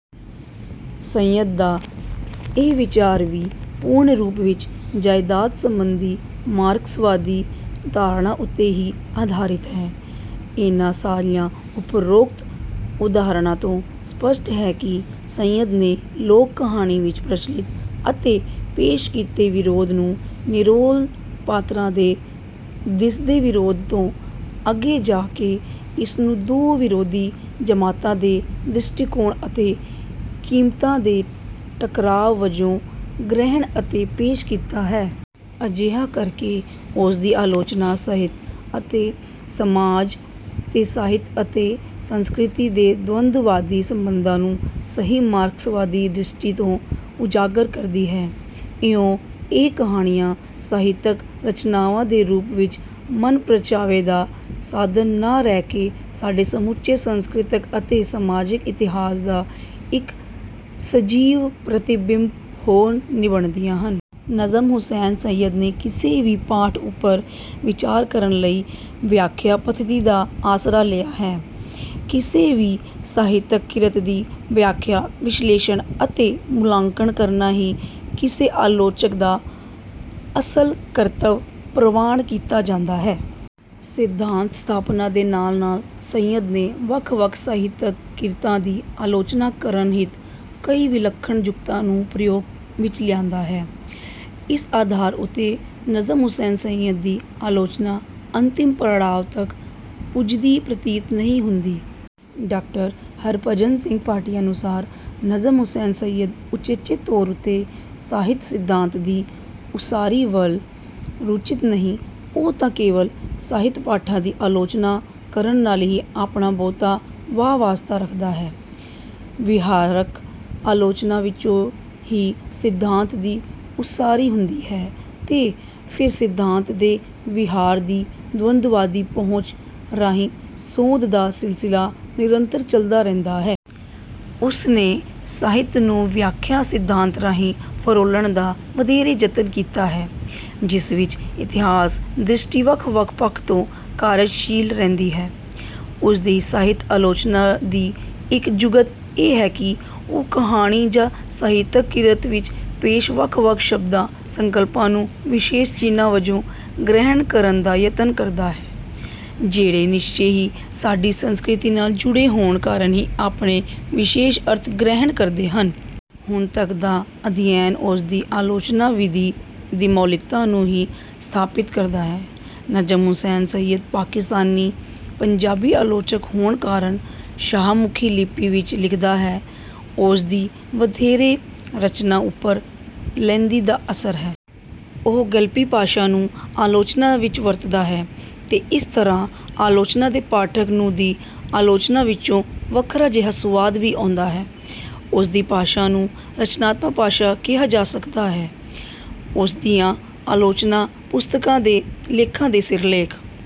ਸੱਯਦ ਦਾ ਇਹ ਵਿਚਾਰ ਵੀ ਪੂਰਨ ਰੂਪ ਵਿੱਚ ਜਾਇਦਾਦ ਸੰਬੰਧੀ ਮਾਰਕਸਵਾਦੀ ਧਾਰਨਾ ਉੱਤੇ ਹੀ ਆਧਾਰਿਤ ਹੈ। ਇਨ੍ਹਾਂ ਸਾਰੀਆਂ ਉਪਰੋਕਤ ਉਦਾਹਰਣਾਂ ਤੋਂ ਸਪੱਸ਼ਟ ਹੈ ਕਿ ਸੱਯਦ ਨੇ ਲੋਕ-ਕਹਾਣੀ ਵਿੱਚ ਪ੍ਰਚਲਿਤ ਅਤੇ ਪੇਸ਼ ਕੀਤੇ ਵਿਰੋਧ ਨੂੰ ਨਿਰੋਲ ਪਾਤਰਾਂ ਦੇ ਦਿਸਦੇ ਵਿਰੋਧ ਤੋਂ ਅੱਗੇ ਜਾ ਕੇ, ਇਸਨੂੰ ਦੋ ਵਿਰੋਧੀ ਜਮਾਤਾਂ ਦੇ ਦ੍ਰਿਸ਼ਟੀਕੋਣ ਅਤੇ ਕੀਮਤਾਂ ਦੇ ਟਕਰਾਅ ਵਜੋਂ ਗ੍ਰਹਿਣ ਅਤੇ ਪੇਸ਼ ਕੀਤਾ ਹੈ। ਅਜਿਹਾ ਕਰਕੇ ਉਸਦੀ ਆਲੋਚਨਾ ਸਾਹਿਤ ਅਤੇ ਸਮਾਜ ਤੇ ਸਾਹਿਤ ਅਤੇ ਸੰਸਕ੍ਰਿਤੀ ਦੇ ਦਵੰਦਵਾਦੀ ਸੰਬੰਧਾਂ ਨੂੰ ਸਹੀ ਮਾਰਕਸਵਾਦੀ ਦ੍ਰਿਸ਼ਟੀ ਤੋਂ ਉਜਾਗਰ ਕਰਦੀ ਹੈ। ਇਉਂ, ਇਹ ਕਹਾਣੀਆਂ ਸਾਹਿਤਕ-ਰਚਨਾਵਾਂ ਦੇ ਰੂਪ ਵਿੱਚ ਮਨ-ਪ੍ਰਚਾਵੇ ਦਾ ਸਾਧਨ ਨਾ ਰਹਿ ਕੇ ਸਾਡੇ ਸਮੁੱਚੇ ਸੰਸਕ੍ਰਿਤਕ ਅਤੇ ਸਮਾਜਿਕ ਇਤਿਹਾਸ ਦਾ ਇੱਕ ਸਜੀਵ ਪ੍ਰਤੀਬਿੰਬ ਹੋ ਨਿੱਬੜਦੀਆਂ ਹਨ। ਨਜਮ ਹੁਸੈਨ ਸੱਯਦ ਨੇ ਕਿਸੇ ਵੀ ਪਾਠ ਉੱਪਰ ਵਿਚਾਰ ਕਰਨ ਲਈ ਵਿਆਖਿਆ ਪੱਧਤੀ ਦਾ ਆਸਰਾ ਲਿਆ ਹੈ। ਕਿਸੇ ਵੀ ਸਾਹਿਤਕ ਕਿਰਤ ਦੀ ਵਿਆਖਿਆ, ਵਿਸ਼ਲੇਸ਼ਣ ਅਤੇ ਮੁਲਾਂਕਣ ਕਰਨਾ ਹੀ ਕਿਸੇ ਆਲੋਚਕ ਦਾ ਅਸਲ ਕਰਤੱਵ ਪ੍ਰਵਾਨ ਕੀਤਾ ਜਾਂਦਾ ਹੈ। ਸਿਧਾਂਤ ਸਥਾਪਨਾ ਦੇ ਨਾਲ-ਨਾਲ ਸੱਯਦ ਨੇ ਵੱਖ-ਵੱਖ ਸਾਹਿਤਕ ਕਿਰਤਾਂ ਦੀ ਆਲੋਚਨਾ ਕਰਨ ਹਿਤ, ਕਈ ਵਿਲੱਖਣ ਜੁਗਤਾਂ ਨੂੰ ਪ੍ਰਯੋਗ ਵਿੱਚ ਲਿਆਂਦਾ ਹੈ। ਇਸ ਆਧਾਰ ਉੱਤੇ ਨਜਮ ਹੁਸੈਨ ਸੱਯਦ ਦੀ ਆਲੋਚਨਾ ਅੰਤਿਮ ਪੜਾਅ ਤੱਕ ਪੁੱਜਦੀ ਪ੍ਰਤੀਤ ਨਹੀਂ ਹੁੰਦੀ। ਡਾ. ਹਰਿਭਜਨ ਸਿੰਘ ਭਾਟੀਆ ਅਨੁਸਾਰ, "ਨਜਮ ਹੁਸੈਨ ਸੱਯਦ ਉਚੇਚੇ ਤੌਰ ਉੱਤੇ ਸਾਹਿਤ-ਸਿਧਾਂਤ ਦੀ ਉਸਾਰੀ ਵੱਲ ਰੁਚਿਤ ਨਹੀਂ, ਉਹ ਤਾਂ ਕੇਵਲ ਸਾਹਿਤ-ਪਾਠਾਂ ਦੀ ਆਲੋਚਨਾ ਕਰਨ ਨਾਲ ਹੀ ਆਪਣਾ ਬਹੁਤਾ ਵਾਹ-ਵਾਸਤਾ ਰੱਖਦਾ ਹੈ।" ਵਿਹਾਰਕ ਆਲੋਚਨਾ ਵਿੱਚੋਂ ਹੀ ਸਿਧਾਂਤ ਦੀ ਉਸਾਰੀ ਹੁੰਦੀ ਹੈ ਤੇ ਫਿਰ ਸਿਧਾਂਤ ਤੇ ਵਿਹਾਰ ਦੀ ਦਵੰਦਵਾਦੀ ਪਹੁੰਚ ਰਾਹੀਂ ਸੋਧ ਦਾ ਸਿਲਸਿਲਾ ਨਿਰੰਤਰ ਚਲਦਾ ਰਹਿੰਦਾ ਹੈ। ਉਸ ਨੇ ਸਾਹਿਤ ਨੂੰ ਵਿਆਖਿਆ ਸਿਧਾਂਤ ਰਾਹੀਂ ਫਰੋਲਣ ਦਾ ਵਧੇਰੇ ਯਤਨ ਕੀਤਾ ਹੈ ਜਿਸ ਵਿੱਚ ਇਤਿਹਾਸ ਦ੍ਰਿਸ਼ਟੀ ਵੱਖ-ਵੱਖ ਪੱਖ ਤੋਂ ਕਾਰਜਸ਼ੀਲ ਰਹਿੰਦੀ ਹੈ। ਉਸ ਦੀ ਸਾਹਿਤ ਆਲੋਚਨਾ ਦੀ ਇੱਕ ਜੁਗਤ ਇਹ ਹੈ ਕਿ ਉਹ ਕਹਾਣੀ ਜਾਂ ਸਾਹਿਤਕ ਕਿਰਤ ਵਿੱਚ ਪੇਸ਼ ਵੱਖ-ਵੱਖ ਸ਼ਬਦਾਂ, ਸੰਕਲਪਾਂ ਨੂੰ ਵਿਸ਼ੇਸ਼ ਚਿੰਨ੍ਹਾਂ ਵਜੋਂ ਗ੍ਰਹਿਣ ਕਰਨ ਦਾ ਯਤਨ ਕਰਦਾ ਹੈ, ਜਿਹੜੇ ਨਿਸ਼ਚੇ ਹੀ ਸਾਡੀ ਸੰਸਕ੍ਰਿਤੀ ਨਾਲ ਜੁੜੇ ਹੋਣ ਕਾਰਨ ਹੀ ਆਪਣੇ ਵਿਸ਼ੇਸ਼ ਅਰਥ ਗ੍ਰਹਿਣ ਕਰਦੇ ਹਨ। ਹੁਣ ਤੱਕ ਦਾ ਅਧਿਐਨ ਉਸਦੀ ਆਲੋਚਨਾ-ਵਿਧੀ ਦੀ ਮੌਲਿਕਤਾ ਨੂੰ ਹੀ ਸਥਾਪਿਤ ਕਰਦਾ ਹੈ। ਨਜਮ ਹੁਸੈਨ ਸੱਯਦ ਪਾਕਿਸਤਾਨੀ ਪੰਜਾਬੀ ਆਲੋਚਕ ਹੋਣ ਕਾਰਨ ਸ਼ਾਹਮੁਖੀ ਲਿਪੀ ਵਿੱਚ ਲਿਖਦਾ ਹੈ। ਉਸਦੀ ਵਧੇਰੇ ਰਚਨਾ ਉੱਪਰ ਲਹਿੰਦੀ ਦਾ ਅਸਰ ਹੈ। ਉਹ ਗਲਪੀ ਭਾਸ਼ਾ ਨੂੰ ਆਲੋਚਨਾ ਵਿੱਚ ਵਰਤਦਾ ਹੈ ਤੇ ਇਸ ਤਰ੍ਹਾਂ ਆਲੋਚਨਾ ਦੇ ਪਾਠਕ ਨੂੰ ਦੀ ਆਲੋਚਨਾ ਵਿੱਚੋਂ ਵੱਖਰਾ ਜਿਹਾ ਸੁਆਦ ਵੀ ਆਉਂਦਾ ਹੈ। ਉਸਦੀ ਭਾਸ਼ਾ ਨੂੰ 'ਰਚਨਾਤਮਕ ਭਾਸ਼ਾ' ਕਿਹਾ ਜਾ ਸਕਦਾ ਹੈ। ਉਸ ਦੀਆਂ ਆਲੋਚਨਾ ਪੁਸਤਕਾਂ ਦੇ ਲੇਖਾਂ ਦੇ ਸਿਰਲੇਖ